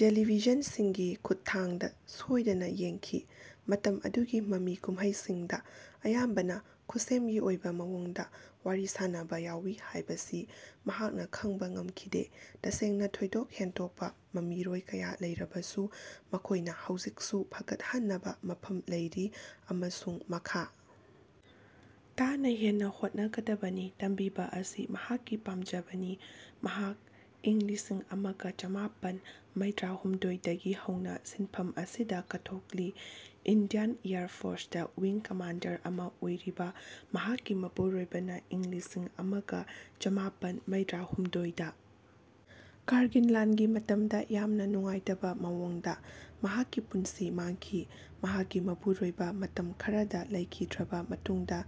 Television ꯁꯤꯡꯒꯤ ꯈꯨꯠꯊꯥꯡꯗ ꯁꯣꯏꯗꯅ ꯌꯦꯡꯈꯤ꯫ ꯃꯇꯝ ꯑꯗꯨꯒꯤ ꯃꯃꯤ ꯀꯨꯝꯍꯩꯁꯤꯡꯗ ꯑꯌꯥꯝꯕꯅ ꯈꯨꯠꯁꯦꯝꯒꯤ ꯑꯣꯏꯕ ꯃꯑꯣꯡꯗ ꯋꯥꯔꯤ ꯁꯥꯅꯕ ꯌꯥꯎꯋꯤ ꯍꯥꯏꯕꯁꯤ ꯃꯍꯥꯛꯅ ꯈꯡꯕ ꯉꯝꯈꯤꯗꯦ꯫ ꯇꯁꯦꯡꯅ ꯊꯣꯏꯗꯣꯛ ꯍꯦꯟꯗꯣꯛꯄ ꯃꯃꯤꯔꯣꯏ ꯀꯌꯥ ꯂꯩꯔꯕꯁꯨ, ꯃꯈꯣꯏꯅ ꯍꯧꯖꯤꯛꯁꯨ ꯐꯒꯠꯍꯟꯅꯕ ꯃꯐꯝ ꯂꯩꯔꯤ ꯑꯃꯁꯨꯡ ꯃꯈꯥ ꯇꯥꯅ ꯍꯦꯟꯅ ꯍꯣꯠꯅꯒꯗꯕꯅꯤ꯫ ꯇꯝꯕꯤꯕ ꯑꯁꯤ ꯃꯍꯥꯛꯀꯤ ꯄꯥꯝꯖꯕꯅꯤ꯫ ꯃꯍꯥꯛ ꯏꯪ ꯂꯤꯁꯤꯡ ꯑꯃꯒ ꯆꯃꯥꯄꯟ ꯃꯩꯗ꯭ꯔꯥꯍꯨꯝꯗꯣꯢ ꯗꯒꯤ ꯍꯧꯅ ꯁꯤꯟꯐꯝ ꯑꯁꯤꯗ ꯀꯠꯊꯣꯛꯂꯤ꯫ Indian air force wing commander ꯑꯃꯥ ꯑꯣꯏꯔꯤꯕ ꯃꯍꯥꯛꯀꯤ ꯃꯄꯨꯔꯣꯏꯕꯅ ꯏꯪ ꯂꯤꯁꯤꯡ ꯑꯃꯒ ꯆꯃꯥꯄꯟ ꯃꯩꯗ꯭ꯔꯥꯍꯨꯝꯗꯣꯢ ꯗ ꯀꯥꯔꯒꯤꯜ ꯂꯥꯟꯒꯤ ꯃꯇꯝꯗ ꯌꯥꯝꯅ ꯅꯨꯡꯉꯥꯏꯇꯕ ꯃꯑꯣꯡꯗ ꯃꯍꯥꯛꯀꯤ ꯄꯨꯟꯁꯤ ꯃꯥꯡꯈꯤ꯫ ꯃꯍꯥꯛꯀꯤ ꯃꯄꯨꯔꯣꯏꯕ ꯃꯇꯝ ꯈꯔꯗ ꯂꯩꯈꯤꯗ꯭ꯔꯕ ꯃꯇꯨꯡꯗ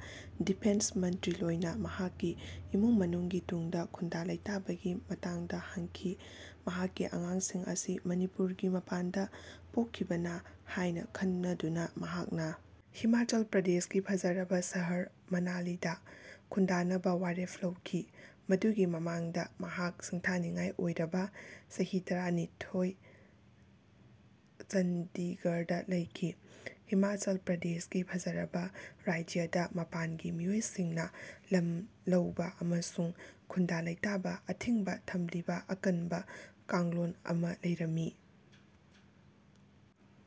ꯗꯤꯐꯦꯟ꯭ꯁ ꯃꯟꯇ꯭ꯔꯥꯂ‌ꯣꯏꯅ ꯃꯍꯥꯛꯀꯤ ꯏꯃꯨꯡ ꯃꯅꯨꯡꯒꯤ ꯇꯨꯡꯗ ꯈꯨꯟꯗꯥ-ꯂꯩꯇꯥꯕꯒꯤ ꯃꯇꯥꯡꯗ ꯍꯪꯈꯤ꯫ ꯃꯍꯥꯛꯀꯤ ꯑꯉꯥꯡꯁꯤꯡ ꯑꯁꯤ ꯃꯅꯤꯄꯨꯔꯒꯤ ꯃꯄꯥꯟꯗ ꯄꯣꯛꯈꯤꯕꯅꯤ ꯍꯥꯏꯅ ꯈꯟꯅꯗꯨꯅ, ꯃꯍꯥꯛꯅ ꯍꯤꯃꯥꯆꯜ ꯄ꯭ꯔꯗꯦꯁꯀꯤ ꯐꯖꯔꯕ ꯁꯍꯔ ꯃꯅꯥꯂꯤꯗ ꯈꯨꯟꯗꯥꯅꯕ ꯋꯥꯔꯦꯞ ꯂꯧꯈꯤ꯫ ꯃꯗꯨꯒꯤ ꯃꯃꯥꯡꯗ ꯃꯍꯥꯛ ꯁꯤꯡꯊꯥꯅꯤꯡꯉꯥꯏ ꯑꯣꯏꯔꯕ ꯆꯍꯤ ꯇꯔꯥꯅꯤꯊꯣꯢ ꯆꯟꯗꯤꯒꯔꯗ ꯂꯩꯈꯤ꯫ ꯍꯤꯃꯥꯆꯜ ꯄ꯭ꯔꯗꯦꯁꯀꯤ ꯐꯖꯔꯕ ꯔꯥꯢꯖ꯭ꯌꯗ ꯃꯄꯥꯟꯒꯤ ꯃꯤꯑꯣꯏꯁꯤꯡꯅ ꯂꯝ ꯂꯧꯕ ꯑꯃꯁꯨꯡ ꯈꯨꯟꯗꯥ-ꯂꯩꯇꯥꯕ ꯑꯊꯤꯡꯕ ꯊꯝꯂꯤꯕ ꯑꯀꯟꯕ ꯀꯥꯡꯂꯣꯟ ꯑꯃ ꯂꯩꯔꯝꯃꯤ꯫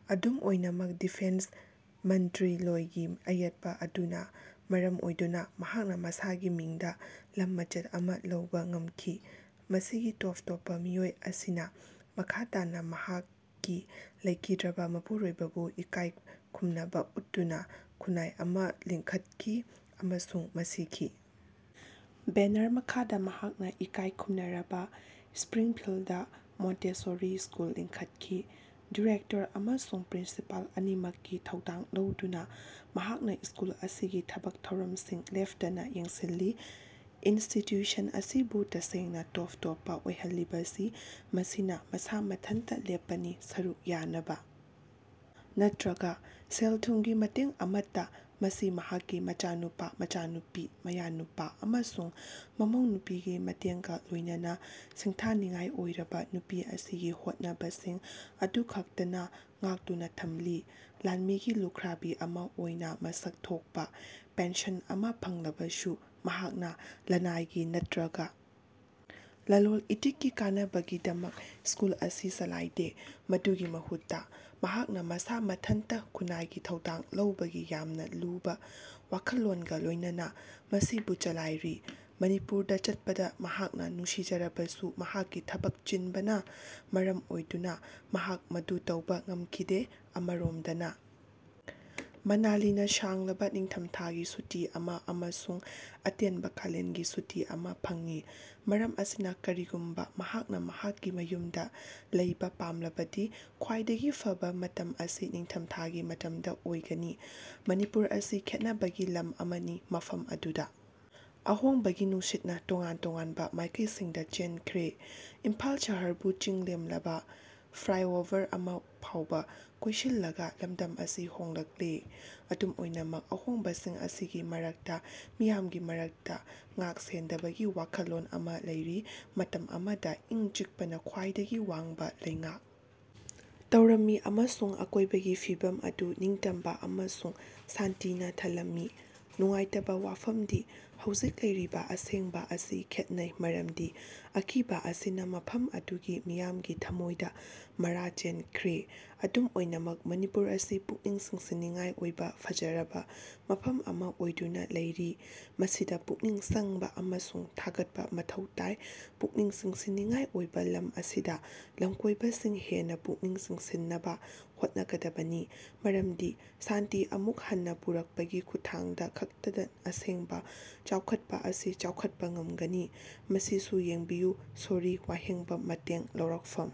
ꯑꯗꯨꯝ ꯑꯣꯏꯅꯃꯛ, ꯗꯤꯐꯦꯟ꯭ꯁ ꯃꯟꯇ꯭ꯔꯥꯂ‌ꯣꯏꯒꯤ ꯑꯌꯦꯠꯄ ꯑꯗꯨꯅ ꯃꯔꯝ ꯑꯣꯏꯗꯨꯅ ꯃꯍꯥꯛꯅ ꯃꯁꯥꯒꯤ ꯃꯤꯡꯗ ꯂꯝ ꯃꯆꯦꯠ ꯑꯃ ꯂꯧꯕ ꯉꯝꯈꯤ꯫ ꯃꯁꯤꯒꯤ ꯇꯣꯞ-ꯇꯣꯞꯄ ꯃꯤꯑꯣꯏ ꯑꯁꯤꯅ ꯃꯈꯥ ꯇꯥꯅ ꯃꯍꯥꯛꯀꯤ ꯂꯩꯈꯤꯗ꯭ꯔꯕ ꯃꯄꯨꯔꯣꯏꯕꯕꯨ ꯏꯀꯥꯏ ꯈꯨꯝꯅꯕ ꯎꯠꯇꯨꯅ ꯈꯨꯟꯅꯥꯏ ꯑꯃ ꯂꯤꯡꯈꯠꯈꯤ, ꯑꯃꯁꯨꯡ ꯃꯁꯤꯒꯤ ꯕꯦꯅꯔ ꯃꯈꯥꯗ ꯃꯍꯥꯛꯅ ꯏꯀꯥꯏ ꯈꯨꯝꯅꯔꯕ 'ꯢꯁꯄ꯭ꯔꯤꯡꯐꯤꯜꯗ ꯃꯣꯟꯇꯦꯁꯣꯔꯤ ꯁ꯭ꯀꯨꯜ' ꯂꯤꯡꯈꯠꯈꯤ꯫ ꯗꯤꯔꯦꯛꯇꯔ ꯑꯃꯁꯨꯡ ꯄ꯭ꯔꯤꯟꯁꯤꯄꯜ ꯑꯅꯤꯃꯛꯀꯤ ꯊꯧꯗꯥꯡ ꯂꯧꯗꯨꯅ, ꯃꯍꯥꯛꯅ ꯁ꯭ꯀꯨꯜ ꯑꯁꯤꯒꯤ ꯊꯕꯛ ꯊꯧꯔꯝꯁꯤꯡ ꯂꯦꯞꯇꯅ ꯌꯦꯡꯁꯤꯜꯂꯤ꯫ ꯏꯟꯁꯇꯤꯇ꯭ꯌꯨꯁꯟ ꯑꯁꯤꯕꯨ ꯇꯁꯦꯡꯅ ꯇꯣꯞ-ꯇꯣꯞꯄ ꯑꯣꯏꯍꯜꯂꯤꯕꯁꯤ ꯃꯁꯤꯅ ꯃꯁꯥ ꯃꯊꯟꯇ ꯂꯦꯞꯄꯅꯤ, ꯁꯔꯨꯛ ꯌꯥꯅꯕ ꯅꯠꯇ꯭ꯔꯒ ꯁꯦꯜ-ꯊꯨꯝꯒꯤ ꯃꯇꯦꯡ ꯑꯃꯠꯇ ꯃꯁꯤ ꯃꯍꯥꯛꯀꯤ ꯃꯆꯥꯅꯨꯄꯥ, ꯃꯆꯥꯅꯨꯄꯤ, ꯃꯌꯥꯅꯨꯄꯥ ꯑꯃꯁꯨꯡ ꯃꯃꯧꯅꯨꯄꯤꯒꯤ ꯃꯇꯦꯡꯒ ꯂꯣꯏꯅꯅ ꯁꯤꯡꯊꯥꯅꯤꯡꯉꯥꯏ ꯑꯣꯏꯔꯕ ꯅꯨꯄꯤ ꯑꯁꯤꯒꯤ ꯍꯣꯠꯅꯕꯁꯤꯡ ꯑꯗꯨꯈꯛꯇꯅ ꯉꯥꯛꯇꯨꯅ ꯊꯝꯂꯤ꯫ ꯂꯥꯟꯃꯤꯒꯤ ꯂꯨꯈ꯭ꯔꯥꯕꯤ ꯑꯃ ꯑꯣꯏꯅ ꯃꯁꯛ ꯊꯣꯛꯄ ꯄꯦꯟꯁꯟ ꯑꯃ ꯐꯪꯂꯕꯁꯨ, ꯃꯍꯥꯛꯅ ꯂꯅꯥꯏꯒꯤ ꯅꯠꯇ꯭ꯔꯒ ꯂꯂꯣꯟ-ꯏꯇꯤꯛꯀꯤ ꯀꯥꯟꯅꯕꯒꯤꯗꯃꯛ ꯁ꯭ꯀꯨꯜ ꯑꯁꯤ ꯆꯂꯥꯏꯗꯦ꯫ ꯃꯗꯨꯒꯤ ꯃꯍꯨꯠꯇ ꯃꯍꯥꯛꯅ ꯃꯁꯥ ꯃꯊꯟꯇ ꯈꯨꯟꯅꯥꯏꯒꯤ ꯊꯧꯗꯥꯡ ꯂꯧꯕꯒꯤ ꯌꯥꯝꯅ ꯂꯨꯕ ꯋꯥꯈꯜꯂꯣꯟꯒ ꯂꯣꯏꯅꯅ ꯃꯁꯤꯕꯨ ꯆꯂꯥꯏꯔꯤ꯫ ꯃꯅꯤꯄꯨꯔꯗ ꯆꯠꯄꯗ ꯃꯍꯥꯛꯅ ꯅꯨꯡꯁꯤꯖꯔꯕꯁꯨ ꯃꯍꯥꯛꯀꯤ ꯊꯕꯛ ꯆꯤꯟꯕꯅ ꯃꯔꯝ ꯑꯣꯏꯗꯨꯅ ꯃꯍꯥꯛ ꯃꯗꯨ ꯇꯧꯕ ꯉꯝꯈꯤꯗꯦ꯫ ꯑꯃꯔꯣꯝꯗꯅ ꯃꯅꯥꯂꯤꯅ ꯁꯥꯡꯂꯕ ꯅꯤꯡꯊꯝꯊꯥꯒꯤ ꯁꯨꯇꯤ ꯑꯃ ꯑꯃꯁꯨꯡ ꯑꯇꯦꯟꯕ ꯀꯥꯂꯦꯟꯒꯤ ꯁꯨꯇꯤ ꯑꯃ ꯐꯪꯏ꯫ ꯃꯔꯝ ꯑꯁꯤꯅ ꯀꯔꯤꯒꯨꯝꯕ ꯃꯍꯥꯛꯅ ꯃꯍꯥꯛꯀꯤ ꯃꯌꯨꯝꯗ ꯂꯩꯕ ꯄꯥꯝꯂꯕꯗꯤ ꯈ꯭ꯋꯥꯏꯗꯒꯤ ꯐꯕ ꯃꯇꯝ ꯑꯁꯤ ꯅꯤꯡꯊꯝꯊꯥꯒꯤ ꯃꯇꯝꯗ ꯑꯣꯏꯒꯅꯤ꯫ ꯃꯅꯤꯄꯨꯔ ꯑꯁꯤ ꯈꯦꯠꯅꯕꯒꯤ ꯂꯝ ꯑꯃꯅꯤ ꯃꯐꯝ ꯑꯗꯨꯗ ꯑꯍꯣꯡꯕꯒꯤ ꯅꯨꯡꯁꯤꯠꯅ ꯇꯣꯉꯥꯟ ꯇꯣꯉꯥꯟꯕ ꯃꯥꯏꯀꯩꯁꯤꯡꯗ ꯆꯦꯟꯈ꯭ꯔꯦ꯫ ꯏꯝꯐꯥꯜ ꯁꯍꯔꯕꯨ ꯆꯤꯡꯂꯦꯝꯂꯕ ꯐ꯭ꯂꯥꯏꯑꯣꯕꯔ ꯑꯃ ꯐꯥꯎꯕ ꯀꯣꯏꯁꯤꯜꯂꯒ ꯂꯝꯗꯝ ꯑꯁꯤ ꯍꯣꯡꯂꯛꯂꯦ꯫ ꯑꯗꯨꯝ ꯑꯣꯏꯅꯃꯛ ꯑꯍꯣꯡꯕꯁꯤꯡ ꯑꯁꯤꯒꯤ ꯃꯔꯛꯇ ꯃꯤꯌꯥꯝꯒꯤ ꯃꯔꯛꯇ ꯉꯥꯛ-ꯁꯦꯟꯗꯕꯒꯤ ꯋꯥꯈꯜꯂꯣꯟ ꯑꯃ ꯂꯩꯔꯤ꯫ ꯃꯇꯝ ꯑꯃꯗ ꯏꯪ-ꯆꯤꯛꯄꯅ ꯈ꯭ꯋꯥꯏꯗꯒꯤ ꯋꯥꯡꯕ ꯂꯩꯉꯥꯛ ꯇꯧꯔꯝꯃꯤ ꯑꯃꯁꯨꯡ ꯑꯀꯣꯏꯕꯒꯤ ꯐꯤꯚꯝ ꯑꯗꯨ ꯅꯤꯡꯇꯝꯕ ꯑꯃꯁꯨꯡ ꯁꯥꯟꯇꯤꯅ ꯊꯜꯂꯝꯃꯤ꯫ ꯅꯨꯡꯉꯥꯏꯇꯕ ꯋꯥꯐꯝꯗꯤ ꯍꯧꯖꯤꯛ ꯂꯩꯔꯤꯕ ꯑꯁꯦꯡꯕ ꯑꯁꯤ ꯈꯦꯠꯅꯩ ꯃꯔꯝꯗꯤ ꯑꯀꯤꯕ ꯑꯁꯤꯅ ꯃꯐꯝ ꯑꯗꯨꯒꯤ ꯃꯤꯌꯥꯝꯒꯤ ꯊꯃꯣꯏꯗ ꯃꯔꯥ ꯆꯦꯟꯈ꯭ꯔꯦ꯫ ꯑꯗꯨꯝ ꯑꯣꯏꯅꯃꯛ ꯃꯅꯤꯄꯨꯔ ꯑꯁꯤ ꯄꯨꯛꯅꯤꯡ ꯆꯤꯡꯁꯤꯟꯅꯤꯡꯉꯥꯏ ꯑꯣꯏꯕ ꯐꯖꯔꯕ ꯃꯐꯝ ꯑꯃ ꯑꯣꯏꯗꯨꯅ ꯂꯩꯔꯤ꯫ ꯃꯁꯤꯗ ꯄꯨꯛꯅꯤꯡ ꯆꯪꯕ ꯑꯃꯁꯨꯡ ꯊꯥꯒꯠꯄ ꯃꯊꯧ ꯇꯥꯏ꯫ ꯄꯨꯛꯅꯤꯡ ꯆꯤꯡꯁꯤꯟꯅꯤꯡꯉꯥꯏ ꯑꯣꯏꯕ ꯂꯝ ꯑꯁꯤꯗ ꯂꯝꯀꯣꯏꯕꯁꯤꯡ ꯍꯦꯟꯅ ꯄꯨꯛꯅꯤꯡ ꯆꯤꯡꯁꯤꯟꯅꯕ ꯍꯣꯠꯅꯒꯗꯕꯅꯤ꯫ ꯃꯔꯝꯗꯤ ꯁꯥꯟꯇꯤ ꯑꯃꯨꯛ ꯍꯟꯅ ꯄꯨꯔꯛꯄꯒꯤ ꯈꯨꯠꯊꯥꯡꯗ ꯈꯛꯇꯗ ꯑꯁꯦꯡꯕ ꯆꯥꯎꯈꯠꯄ ꯑꯁꯤ ꯆꯥꯎꯈꯠꯄ ꯉꯝꯒꯅꯤ꯫ ꯃꯁꯤꯁꯨ ꯌꯦꯡꯕꯤꯌꯨ ꯁꯣꯔꯤ ꯋꯥꯍꯦꯡꯕꯝ, ꯃꯇꯦꯡ ꯂꯧꯔꯛꯐꯝ।